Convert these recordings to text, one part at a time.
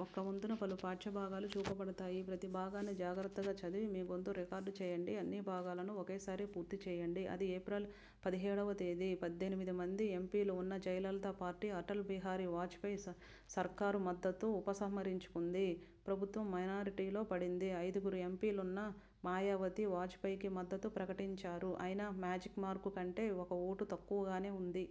అది ఏప్రిల్ పదిహేడువ తేదీ. పద్దెనిమిది మంది ఎంపీలున్న జయ లలిత పార్టీ అటల్ బిహారీ వాజపేయి సర్కారుకు మద్దతు ఉప సంహరించుకుంది. ప్రభుత్వం మైనారిటీలో పడింది. ఐదుగురు ఎంపీలున్న మాయావతి, వాజపేయికి మద్దతు ప్రకటించారు. అయినా మేజిక్ మార్కు కంటే ఒక ఓటు తక్కువగానే ఉంది.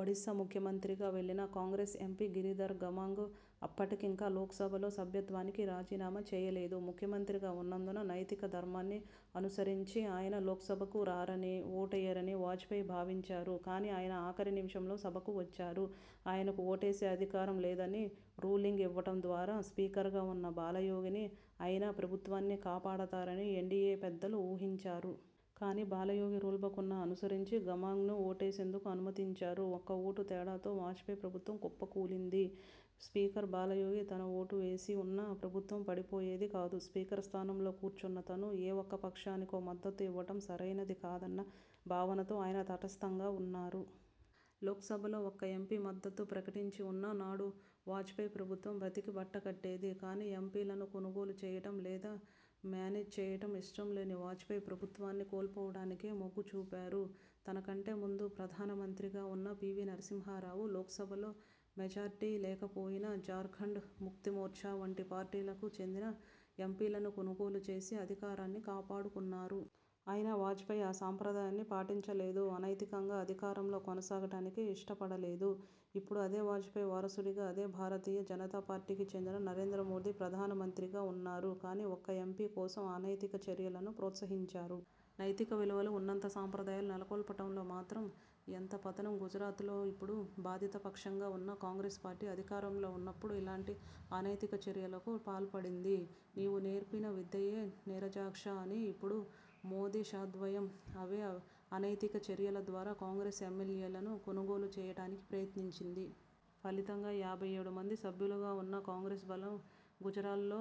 ఒడిసా ముఖ్యమంత్రిగా వెళ్లిన కాంగ్రెస్ ఎంపీ గిరిధర్ గమాంగ్ అప్పటి కింకా లోక్సభ సభ్యత్వానికి రాజీనామా చేయలేదు. ముఖ్యమంత్రిగా ఉన్నందున, నైతిక ధర్మాన్ని అనుసరించి ఆయన లోక్సభకు రారని, ఓటేయరని వాజపేయి భావించారు. కానీ ఆయన ఆఖరి నిముషంలో సభకు వచ్చారు. ఆయనకు ఓటేసే అధికారం లేదని రూలింగ్ ఇవ్వడం ద్వారా స్పీకర్గా ఉన్న బాలయోగి అయినా ప్రభుత్వాన్ని కాపాడతారని ఎన్డీయే పెద్దలు ఊహించారు. కానీ బాలయోగి రూల్బుక్ను అనుసరించి, గమాంగ్ను ఓటేసేందుకు అనుమతించారు. ఒక్క ఓటు తేడా తో వాజపేయి ప్రభుత్వం కుప్ప కూలింది. స్పీకర్ బాలయోగి తన ఓటు వేసి ఉన్నా ప్రభుత్వం పడిపోయేది కాదు. స్పీకర్ స్థానంలో కూర్చున్న తాను ఏ ఒక్క పక్షానికో మద్దతు ఇవ్వడం సరైనది కాదన్న భావనతో ఆయన తటస్థంగా ఉన్నారు. లోక్సభలో ఒక్క ఎంపీ మద్దతు ప్రకటించి ఉన్నా నాడు వాజపేయి ప్రభుత్వం బతికి బట్టకట్టేది. కానీ ఎంపీ లను కొనుగోలు చేయడం లేదా మేనేజ్ చేయడం ఇష్టం లేని వాజపేయి, ప్రభుత్వాన్ని కోల్పోవడానికే మొగ్గు చూపారు. తనకంటే ముందు ప్రధాన మంత్రిగా ఉన్న పీవీ నరసింహా రావు, లోక్సభలో మెజారిటీ లేకపోయినా, జార్ఖండ్ ముక్తి మోర్చా వంటి పార్టీలకు చెందిన ఎంపీలను కొనుగోలు చేసి అధికారాన్ని కాపాడుకున్నారు. అయినా వాజపేయి ఆ సంప్రదాయాన్ని పాటించ లేదు. అ నైతికంగా అధికారంలో కొనసాగడానికి ఇష్టపడ లేదు. ఇప్పుడు అదే వాజపేయి వారసుడిగా, అదే భారతీయ జనతా పార్టీకి చెందిన నరేంద్ర మోదీ ప్రధాన మంత్రిగా ఉన్నారు. కానీ ఒక్క ఎంపీ కోసం అ నైతిక చర్యలను ప్రోత్సహించారు. నైతిక విలువలు, ఉన్నత సంప్రదాయాలు నెల కొల్పడంలో మాత్రం ఎంత పతనం! గుజరాత్లో ఇప్పుడు బాధిత పక్షంగా ఉన్న కాంగ్రెస్ పార్టీ అధికారం లో ఉన్నప్పుడు ఇలాంటి అ నైతిక చర్యలకు పాల్పడింది. 'నీవు నేర్పిన విద్యయే నీరజాక్ష' అని ఇప్పుడు మోదీ, షా ద్వయం అవే అనైతిక చర్యల ద్వారా కాంగ్రెస్ ఎమ్మెల్యే లను కొనుగోలు చేయడానికి ప్రయత్నించింది. ఫలితంగా యాభై ఏడు మంది సభ్యులు ఉన్న కాంగ్రెస్ బలం గుజరాత్లో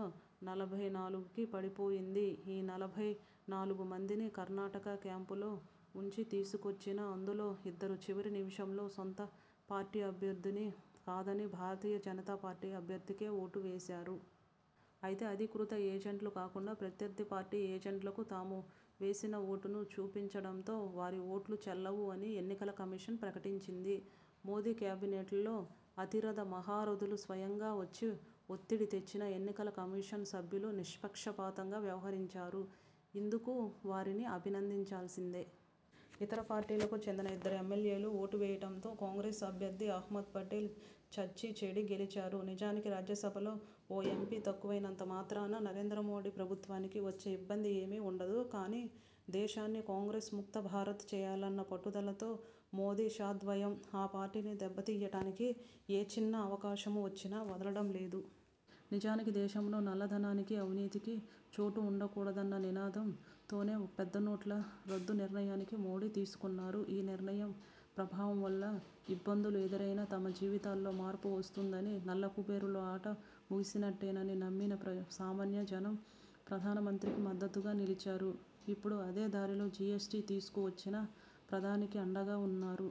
నలభై నాలుగుకి పడి పోయింది. ఈ నలభై నాలుగు మందినీ కర్ణాటకలో క్యాంపులో ఉంచి తీసుకొచ్చినా అందులో ఇద్దరు చివరి నిముషంలో సొంత పార్టీ అభ్యర్థిని కాదని భారతీయ జనతా పార్టీ అభ్యర్థికి ఓటు వేశారు. అయితే అధీకృత ఏజెంట్కు కాకుండా ప్రత్యర్థి పార్టీ ఏజెంట్కు తాము వేసిన ఓటును చూపించడంతో వారి ఓట్లు చెల్లవు అని ఎన్నికల కమిషన్ ప్రకటించింది. మోదీ కేబినెట్లోని అతిరథ మహారథులు స్వయంగా వచ్చి ఒత్తిడి తెచ్చినా ఎన్నికల కమిషన్ సభ్యులు నిష్పక్షపాతంగా వ్యవహరించారు. ఇందుకు వారిని అభినందించాల్సిందే! ఇతర పార్టీలకు చెందిన ఇద్దరు ఎమ్మెల్యేలు ఓటు వేయడంతో కాంగ్రెస్ అభ్యర్థి అహ్మద్ పటేల్ చచ్చీ చెడీ గెలిచారు. నిజానికి రాజ్యసభలో ఒక ఎంపీ తక్కువై నంత మాత్రాన నరేంద్ర మోదీ ప్రభుత్వానికి వచ్చే ఇబ్బంది ఏమీ ఉండదు. కానీ దేశాన్ని 'కాంగ్రెస్ ముక్త భారత్' చేయాలన్న పట్టుదలతో మోదీ, షా ద్వయం ఆ పార్టీని దెబ్బ తీయడానికి ఏ చిన్న అవకాశం వచ్చినా వదలడం లేదు. నిజానికి దేశంలో నల్ల ధనానికి, అవినీతికి చోటు ఉండ కూడదన్న నినాదం తోనే పెద్ద నోట్ల రద్దు నిర్ణయాన్ని మోదీ తీసుకున్నారు. ఈ నిర్ణయం ప్రభావం వల్ల ఇబ్బందులు ఎదురైనా తమ జీవితాలలో మార్పు వస్తుందనీ, నల్ల కుబేరుల ఆట ముగిసినట్టేనని నమ్మిన సామాన్య జనం ప్రధాన మంత్రికి మద్దతుగా నిలిచారు. ఇప్పుడు అదే దారిలో జీఎస్టీ తీసుకువచ్చినా ప్రధానికి అండగా ఉన్నారు.